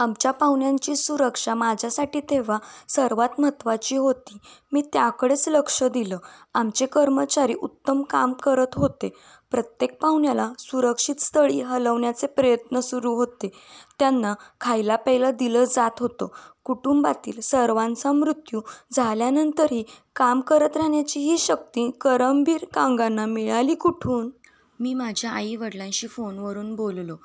आमच्या पाहुण्यांची सुरक्षा माझ्यासाठी तेव्हा सर्वांत महत्त्वाची होती. मी त्याकडेच लक्ष दिलं. आमचे कर्मचारी उत्तम काम करत होते. प्रत्येक पाहुण्याला सुरक्षित स्थळी हलवण्याचे प्रयत्न सुरू होते. त्यांना खायलाप्यायला दिलं जात होतं. कुटुंबातील सर्वांचा मृत्यू झाल्यानंतरही काम करत राहण्याची ही शक्ती करमबीर कांगांना मिळाली कुठून? मी माझ्या आईवडिलांशी फोनवरून बोललो.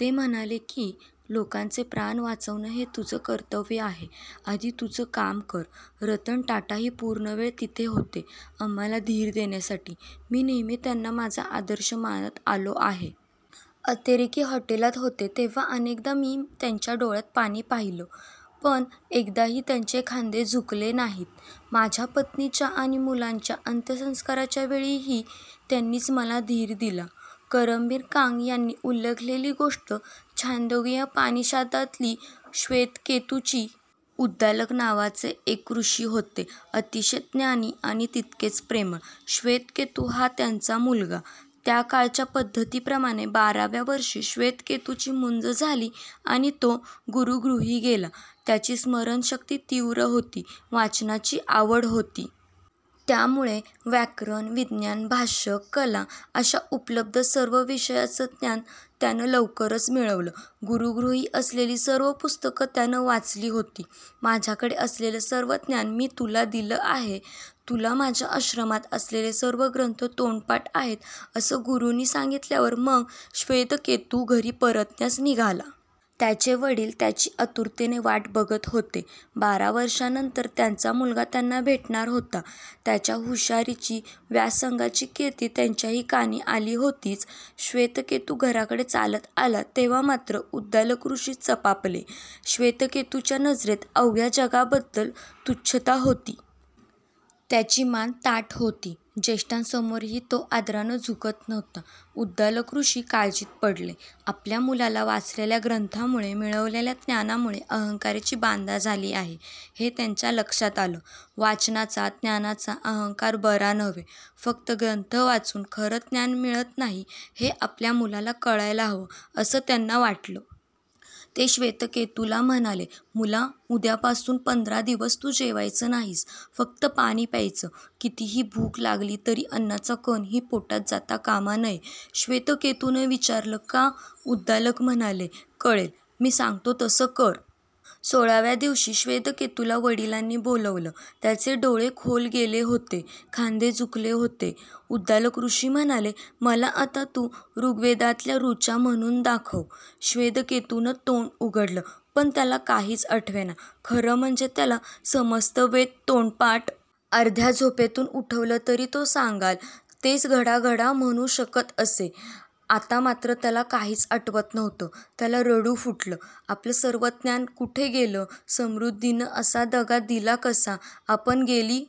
ते म्हणाले की, लोकांचे प्राण वाचवणं हे तुझं कर्तव्य आहे. आधी तुझं काम कर. रतन टाटाही पूर्णवेळ तिथे होते. आम्हांला धीर देण्यासाठी. मी नेहमी त्यांना माझा आदर्श मानत आलो आहे. अतिरेकी हॉटेलात होते तेव्हा अनेकदा मी त्यांच्या डोळ्यांत पाणी पाहिलं. पण एकदाही त्यांचे खांदे झुकले नाहीत. माझ्या पत्नीच्या आणि मुलांच्या अंत्यसंस्काराच्या वेळीही त्यांनीच मला धीर दिला. करमबीर कांग यांनी उल्लेखलेली गोष्ट छांदोग्योपनिषदातली. श्वेतकेतूची. उद्दालक नावाचे एक ऋषी होते. अतिशय ज्ञानी आणि तितकेच प्रेमळ. श्वेतकेतू हा त्यांचा मुलगा. त्या काळच्या पद्धतीप्रमाणे बाराव्या वर्षी श्वेतकेतूची मुंज झाली आणि तो गुरूगृही गेला. त्याची स्मरणशक्ती तीव्र होती. वाचनाची आवड होती. त्यामुळे व्याकरण, विज्ञान, भाष्य, कला अशा उपलब्ध सर्व विषयांचं ज्ञान त्यानं लवकरच मिळवलं. गुरूगृही असलेली सर्व पुस्तकं त्यानं वाचली होती. माझ्याकडे असलेलं सर्व ज्ञान मी तुला दिलं आहे. तुला माझ्या आश्रमात असलेले सर्व ग्रंथ तोंडपाठ आहेत, असं गुरूंनी सांगितल्यावर मग श्वेतकेतू घरी परतण्यास निघाला. त्याचे वडील त्याची आतुरतेनं वाट बघत होते. बारा वर्षांनंतर त्यांचा मुलगा त्यांना भेटणार होता. त्याच्या हुशारीची, व्यासंगाची कीर्ती त्यांच्याही कानी आली होतीच. श्वेतकेतू घराकडे चालत आला तेव्हा मात्र उद्दालक ऋषी चपापले. श्वेतकेतूच्या नजरेत अवघ्या जगाबद्दल तुच्छता होती. त्याची मान ताठ होती. ज्येष्ठांसमोरही तो आदरानं झुकत नव्हता. उद्दालक ऋषी काळजीत पडले. आपल्या मुलाला वाचलेल्या ग्रंथांमुळे, मिळवलेल्या ज्ञानामुळे अहंकाराची बाधा झाली आहे, हे त्यांच्या लक्षात आलं. वाचनाचा, ज्ञानाचा अहंकार बरा नव्हे, फक्त ग्रंथ वाचून खरं ज्ञान मिळत नाही, हे आपल्या मुलाला कळायला हवं, असं त्यांना वाटलं. ते श्वेतकेतूला म्हणाले, मुला, उद्यापासून पंधरा दिवस तू जेवायचं नाहीस. फक्त पाणी प्यायचं. कितीही भूक लागली तरी अन्नाचा कणही पोटात जाता कामा नये. श्वेतकेतूनं विचारलं, का? उद्दालक म्हणाले, कळेल. मी सांगतो तसं कर. सोळाव्या दिवशी श्वेतकेतूला वडिलांनी बोलावलं. त्याचे डोळे खोल गेले होते. खांदे झुकले होते. उद्दालक ऋषी म्हणाले, मला आता तू ऋग्वेदातल्या ऋचा म्हणून दाखव. श्वेतकेतूनं तोंड उघडलं, पण त्याला काहीच आठवेना. खरं म्हणजे त्याला समस्त वेद तोंडपाठ. अर्ध्या झोपेतून उठवलं तरी तो सांगाल ते घडाघडा म्हणू शकत असे. आता मात्र त्याला काहीच आठवत नव्हतं. त्याला रडू फुटलं. आपलं सर्व ज्ञान कुठे गेलं? स्मृतीनं असा दगा दिला कसा? आपण गेली